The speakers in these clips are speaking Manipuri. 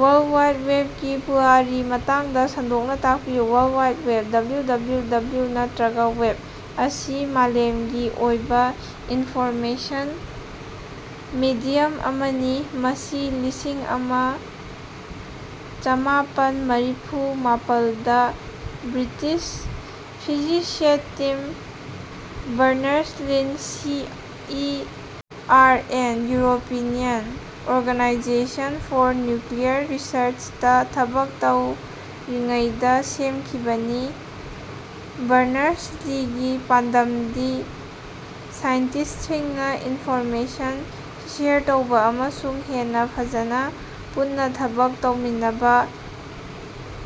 ꯋꯥ꯭ꯔꯜ ꯋꯥꯏꯗ ꯋꯦꯕꯀꯤ ꯄꯨꯋꯥꯔꯤꯒꯤ ꯃꯇꯥꯡꯗ ꯁꯟꯗꯣꯛꯅ ꯇꯥꯛꯄꯤꯌꯨ꯫ World Wide Web (W W W ꯅꯠꯇꯔꯒ ꯋꯦꯕ) ꯑꯁꯤ ꯃꯥꯂꯦꯝꯒꯤ ꯑꯣꯏꯕ ꯏꯟꯐꯣꯔꯃꯦꯁꯟ ꯃꯦꯗꯤꯌꯝ ꯑꯃꯅꯤ ꯃꯁꯤ ꯂꯤꯁꯤꯡ ꯑꯃ ꯆꯃꯥꯄꯟ ꯃꯔꯐꯨ ꯃꯥꯄꯜꯗ British physicist Tim Berners Lee C E R N (European Organisation for Nuclear ꯔꯤꯁꯔꯆ)ꯗꯥ ꯊꯕꯛ ꯇꯧꯔꯤꯉꯩꯗꯥ ꯁꯦꯝꯈꯤꯕꯅꯤ꯫ ꯕꯔꯅꯔꯁ-ꯂꯤꯒꯤ ꯄꯥꯟꯗꯝꯗꯤ ꯁꯥꯏꯟꯇꯤꯁ꯭ꯇꯁꯤꯡꯅ ꯏꯟꯐꯣꯔꯃꯦꯁꯟ ꯁꯦꯌꯔ ꯇꯧꯕ ꯑꯃꯁꯨꯡ ꯍꯦꯟꯅ ꯐꯖꯅ ꯄꯨꯟꯅ ꯊꯕꯛ ꯇꯧꯃꯤꯟꯅꯕ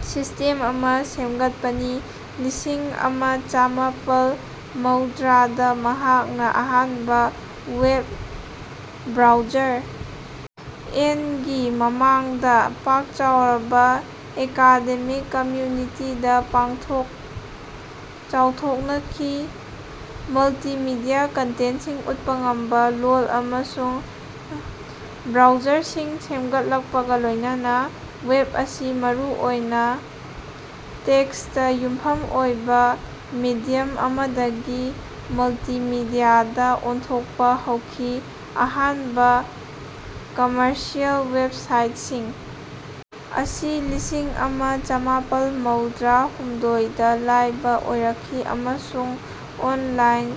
ꯁꯤꯁꯇꯦꯝ ꯑꯃ ꯁꯦꯝꯒꯠꯄꯅꯤ꯫ ꯂꯤꯁꯤꯡ ꯑꯃ ꯆꯃꯥꯄꯜ ꯃꯧꯗꯔꯥꯗ ꯃꯍꯥꯛꯅ ꯑꯍꯥꯟꯕ ꯋꯦꯕ ꯕ꯭ꯔꯥꯎꯖꯔ ꯑꯦꯟ ꯒꯤ ꯃꯃꯥꯡꯗ ꯄꯥꯛ ꯆꯥꯎꯔꯕ ꯑꯦꯀꯥꯗꯦꯃꯤꯛ ꯀꯝꯃ꯭ꯌꯨꯅꯤꯇꯤꯗ ꯄꯥꯛꯊꯣꯛ ꯆꯥꯎꯊꯣꯛꯅꯈꯤ꯫ ꯃꯜꯇꯤꯃꯤꯗꯤꯌꯥ ꯀꯟꯇꯦꯟꯠꯁꯤꯡ ꯎꯠꯄ ꯉꯝꯕ ꯂꯣꯜ ꯑꯃꯁꯨꯡ ꯕ꯭ꯔꯥꯎꯖꯔꯁꯤꯡ ꯁꯦꯝꯒꯠꯂꯛꯄꯒ ꯂꯣꯏꯅꯅ ꯋꯦꯕ ꯑꯁꯤ ꯃꯔꯨ ꯑꯣꯏꯅ ꯇꯦꯛꯁꯇ ꯌꯨꯝꯐꯝ ꯑꯣꯏꯕ ꯃꯦꯗꯤꯌꯝ ꯑꯃꯗꯒꯤ ꯃꯜꯇꯤꯃꯤꯗꯤꯌꯥꯗ ꯑꯣꯟꯊꯣꯛꯄ ꯍꯧꯈꯤ꯫ ꯑꯍꯥꯟꯕ ꯀꯝꯃꯔꯁꯤꯑꯦꯜ ꯋꯦꯕꯁꯥꯏꯠꯁꯤꯡ ꯑꯁꯤ ꯂꯤꯁꯤꯡ ꯑꯃ ꯆꯃꯥꯄꯜ ꯃꯧꯗꯔꯥ ꯍꯨꯝꯗꯣꯏ ꯗ ꯂꯥꯏꯕ ꯑꯣꯏꯔꯛꯈꯤ, ꯑꯃꯁꯨꯡ ꯑꯣꯟꯂꯥꯏꯟ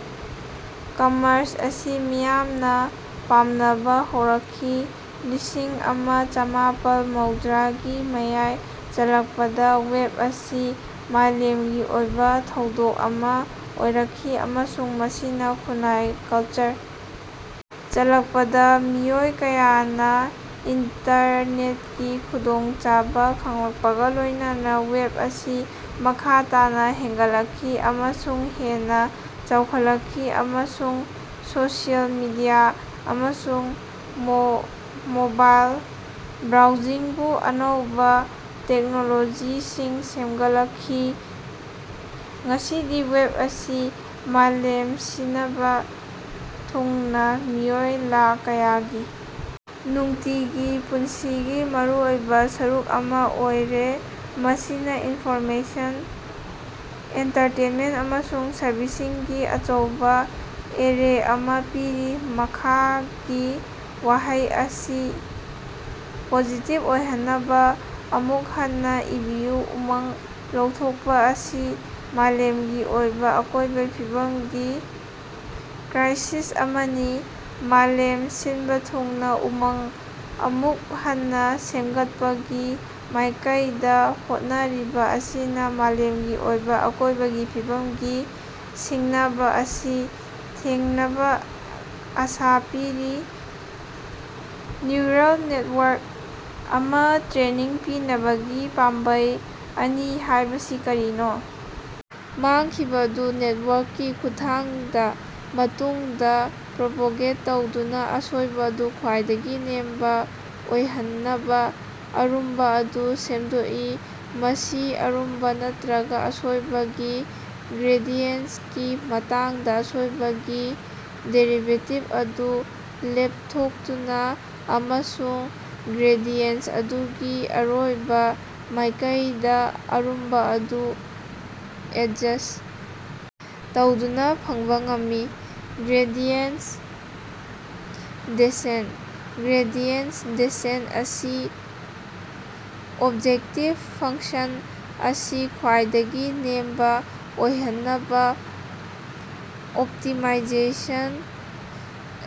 ꯀꯝꯃ꯭ꯔꯁ ꯑꯁꯤ ꯃꯤꯌꯥꯝꯅ ꯄꯥꯝꯅꯕ ꯍꯧꯔꯛꯈꯤ꯫ ꯂꯤꯁꯤꯡ ꯑꯃ ꯆꯃꯥꯄꯜ ꯃꯧꯗꯔꯥꯒꯤ ꯃꯌꯥꯏ ꯆꯜꯂꯛꯄꯗ ꯋꯦꯕ ꯑꯁꯤ ꯃꯥꯂꯦꯝꯒꯤ ꯑꯣꯏꯕ ꯊꯧꯗꯣꯛ ꯑꯃ ꯑꯣꯏꯔꯛꯈꯤ, ꯑꯃꯁꯨꯡ ꯃꯁꯤꯅ ꯈꯨꯟꯅꯥꯏ, ꯀ꯭ꯂꯆꯔ ꯆꯜꯂꯛꯄꯗ, ꯃꯤꯑꯣꯏ ꯀꯌꯥꯅ ꯏꯟꯇꯔꯅꯦꯠꯀꯤ ꯈꯨꯗꯣꯡꯆꯥꯕ ꯐꯪꯂꯛꯄꯒ ꯂꯣꯏꯅꯅ, ꯋꯦꯕ ꯑꯁꯤ ꯃꯈꯥ ꯇꯥꯅ ꯍꯦꯟꯒꯠꯂꯛꯈꯤ ꯑꯃꯁꯨꯡ ꯍꯦꯟꯅ ꯆꯥꯎꯈꯠꯂꯛꯈꯤ, ꯑꯃꯁꯨꯡ ꯁꯣꯁꯤꯑꯦꯜ ꯃꯤꯗꯤꯌꯥ ꯑꯃꯁꯨꯡ ꯃꯣ ꯃꯣꯕꯥꯏꯜ ꯕ꯭ꯔꯥꯎꯖꯤꯡꯕꯨ ꯑꯅꯧꯕꯥ ꯇꯦꯛꯅꯣꯂꯣꯖꯤꯁꯤꯡ ꯁꯦꯝꯒꯠꯂꯛꯈꯤ꯫ ꯉꯁꯤꯗꯤ ꯋꯦꯕ ꯑꯁꯤ ꯃꯥꯂꯦꯝ ꯁꯤꯅꯕ ꯊꯨꯡꯅ ꯃꯤꯑꯣꯏ ꯂꯥꯈ ꯀꯌꯥꯒꯤ ꯅꯨꯡꯇꯤꯒꯤ ꯄꯨꯟꯁꯤꯒꯤ ꯃꯔꯨꯑꯣꯏꯕꯥ ꯁꯔꯨꯛ ꯑꯃꯥ ꯑꯣꯏꯔꯦ, ꯃꯁꯤꯅꯥ ꯏꯟꯐꯣꯔꯃꯦꯁꯟ, ꯑꯦꯟꯇꯔꯇꯦꯟꯃꯦꯟꯠ ꯑꯃꯁꯨꯡ ꯁꯔꯚꯤꯁꯁꯤꯡꯒꯤ ꯑꯆꯧꯕ ꯑꯦꯔꯦ ꯑꯃ ꯄꯤꯔꯤ꯫ ꯃꯈꯥꯒꯤ ꯋꯥꯍꯩ ꯑꯁꯤ ꯄꯣꯖꯤꯇꯤꯚ ꯑꯣꯏꯍꯟꯅꯕ ꯑꯃꯨꯛ ꯍꯟꯅ ꯏꯕꯤꯌꯨ: ꯎꯃꯪ ꯂꯧꯊꯣꯛꯄ ꯑꯁꯤ ꯃꯥꯂꯦꯝꯒꯤ ꯑꯣꯏꯕ ꯑꯀꯣꯏꯕꯒꯤ ꯐꯤꯕꯝꯒꯤ ꯀ꯭ꯔꯥꯏꯁꯤꯁ ꯑꯃꯅꯤ꯫ ꯃꯥꯂꯦꯝ ꯁꯤꯟꯕ ꯊꯨꯡꯅ ꯎꯃꯪ ꯑꯃꯨꯛ ꯍꯟꯅ ꯁꯦꯝꯒꯠꯄꯒꯤ ꯃꯥꯏꯀꯩꯗꯥ ꯍꯣꯠꯅꯔꯤꯕ ꯑꯁꯤꯅ ꯃꯥꯂꯦꯝꯒꯤ ꯑꯣꯏꯕ ꯑꯀꯣꯏꯕꯒꯤ ꯐꯤꯕꯝꯒꯤ ꯁꯤꯡꯅꯕ ꯑꯁꯤ ꯊꯦꯡꯅꯕ ꯑꯁꯥ ꯄꯤꯔꯤ꯫ ꯅ꯭ꯌꯨꯔꯜ ꯅꯦꯠꯋꯥ꯭ꯔꯛ ꯑꯃꯥꯇ꯭ꯔꯦꯅꯤꯡ ꯄꯤꯅꯕꯒꯤ ꯄꯥꯝꯕꯩ ꯑꯅꯤ ꯍꯥꯏꯕꯁꯤ ꯀꯔꯤꯅꯣ? ꯃꯥꯡꯈꯤꯕ ꯑꯗꯨ ꯅꯦꯠꯋꯥ꯭ꯔꯛꯀꯤ ꯈꯨꯠꯊꯥꯡꯗ ꯃꯇꯨꯡꯗ ꯄ꯭ꯔꯣꯄꯦꯒꯦꯠ ꯇꯧꯗꯨꯅ ꯑꯁꯣꯏꯕ ꯑꯗꯨ ꯈ꯭ꯋꯥꯏꯗꯒꯤ ꯅꯦꯝꯕ ꯑꯣꯏꯍꯟꯅꯕ ꯑꯔꯨꯝꯕ ꯑꯗꯨ ꯁꯦꯝꯗꯣꯛꯏ꯫ ꯃꯁꯤ ꯑꯔꯨꯝꯕ ꯅꯠꯇꯔꯒ ꯑꯁꯣꯏꯕꯒꯤ ꯒ꯭ꯔꯦꯗꯤꯌꯦꯟꯠꯀꯤ ꯃꯇꯥꯡꯗ ꯑꯁꯣꯏꯕꯒꯤ ꯗꯦꯔꯤꯕꯦꯇꯤꯚ ꯑꯗꯨ ꯂꯦꯞꯊꯣꯛꯇꯨꯅ ꯑꯃꯁꯨꯡ ꯒ꯭ꯔꯦꯗꯤꯌꯦꯟꯠ ꯑꯗꯨꯒꯤ ꯑꯔꯣꯏꯕ ꯃꯥꯏꯀꯩꯗ ꯑꯔꯨꯝꯕ ꯑꯗꯨ ꯑꯦꯗꯖ꯭ꯁꯠ ꯇꯧꯗꯨꯅ ꯐꯪꯕ ꯉꯝꯃꯤ꯫ ꯒ꯭ꯔꯦꯗꯤꯌꯦꯟꯠ ꯗꯦꯁꯦꯟꯠ: ꯒ꯭ꯔꯦꯗꯤꯌꯦꯟꯠ ꯗꯦꯁꯦꯟꯠ ꯑꯁꯤ ꯑꯣꯕꯖꯦꯛꯇꯤꯚ ꯐꯪꯁꯟ ꯑꯁꯤ ꯈ꯭ꯋꯥꯏꯗꯒꯤ ꯅꯦꯝꯕ ꯑꯣꯏꯍꯟꯅꯕ ꯑꯣꯞꯇꯤꯃꯥꯏꯖꯦꯁꯟ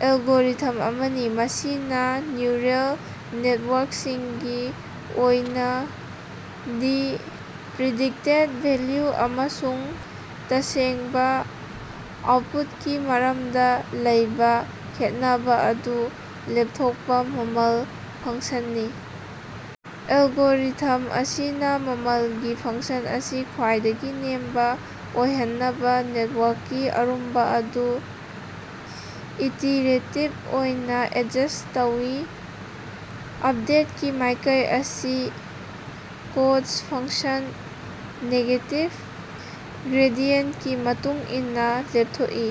ꯑꯦꯜꯒꯣꯔꯤꯊꯝ ꯑꯃꯅꯤ, ꯃꯁꯤꯅ ꯅ꯭ꯌꯨꯔꯜ ꯅꯦꯠꯋꯥ꯭ꯔꯛꯁꯤꯡꯒꯤ ꯑꯣꯏꯅꯗꯤ ꯄ꯭ꯔꯤꯗꯤꯛꯇꯦꯠ ꯚꯦꯜꯌꯨ ꯑꯃꯁꯨꯡ ꯇꯁꯦꯡꯕ ꯑꯥꯎꯠꯄꯨꯠꯀꯤ ꯃꯔꯝꯗ ꯂꯩꯕ ꯈꯦꯠꯅꯕ ꯑꯗꯨ ꯂꯦꯞꯊꯣꯛꯄ ꯃꯃꯜ ꯐꯪꯁꯟꯅꯤ꯫ ꯑꯦꯂꯒꯣꯔꯤꯊꯝ ꯑꯁꯤꯅ ꯃꯃꯜꯒꯤ ꯐꯪꯁꯟ ꯑꯁꯤ ꯈ꯭ꯋꯥꯏꯗꯒꯤ ꯅꯦꯝꯕ ꯑꯣꯏꯍꯟꯅꯕ ꯅꯦꯠꯋꯥ꯭ꯔꯛꯀꯤ ꯑꯔꯨꯝꯕ ꯑꯗꯨ ꯏꯇꯤꯔꯦꯇꯤꯚ ꯑꯣꯏꯅ ꯑꯦꯗꯖ꯭ꯁꯠ ꯇꯧꯏ꯫ ꯑꯞꯗꯦꯠꯀꯤ ꯃꯥꯏꯀꯩ ꯑꯁꯤ ꯀ꯭ꯣꯁꯠ ꯐꯪꯁꯟ ꯅꯦꯒꯦꯇꯤꯚ ꯒ꯭ꯔꯦꯗꯤꯌꯦꯟꯠꯀꯤ ꯃꯇꯨꯡ ꯏꯟꯅ ꯂꯦꯞꯊꯣꯛꯏ꯫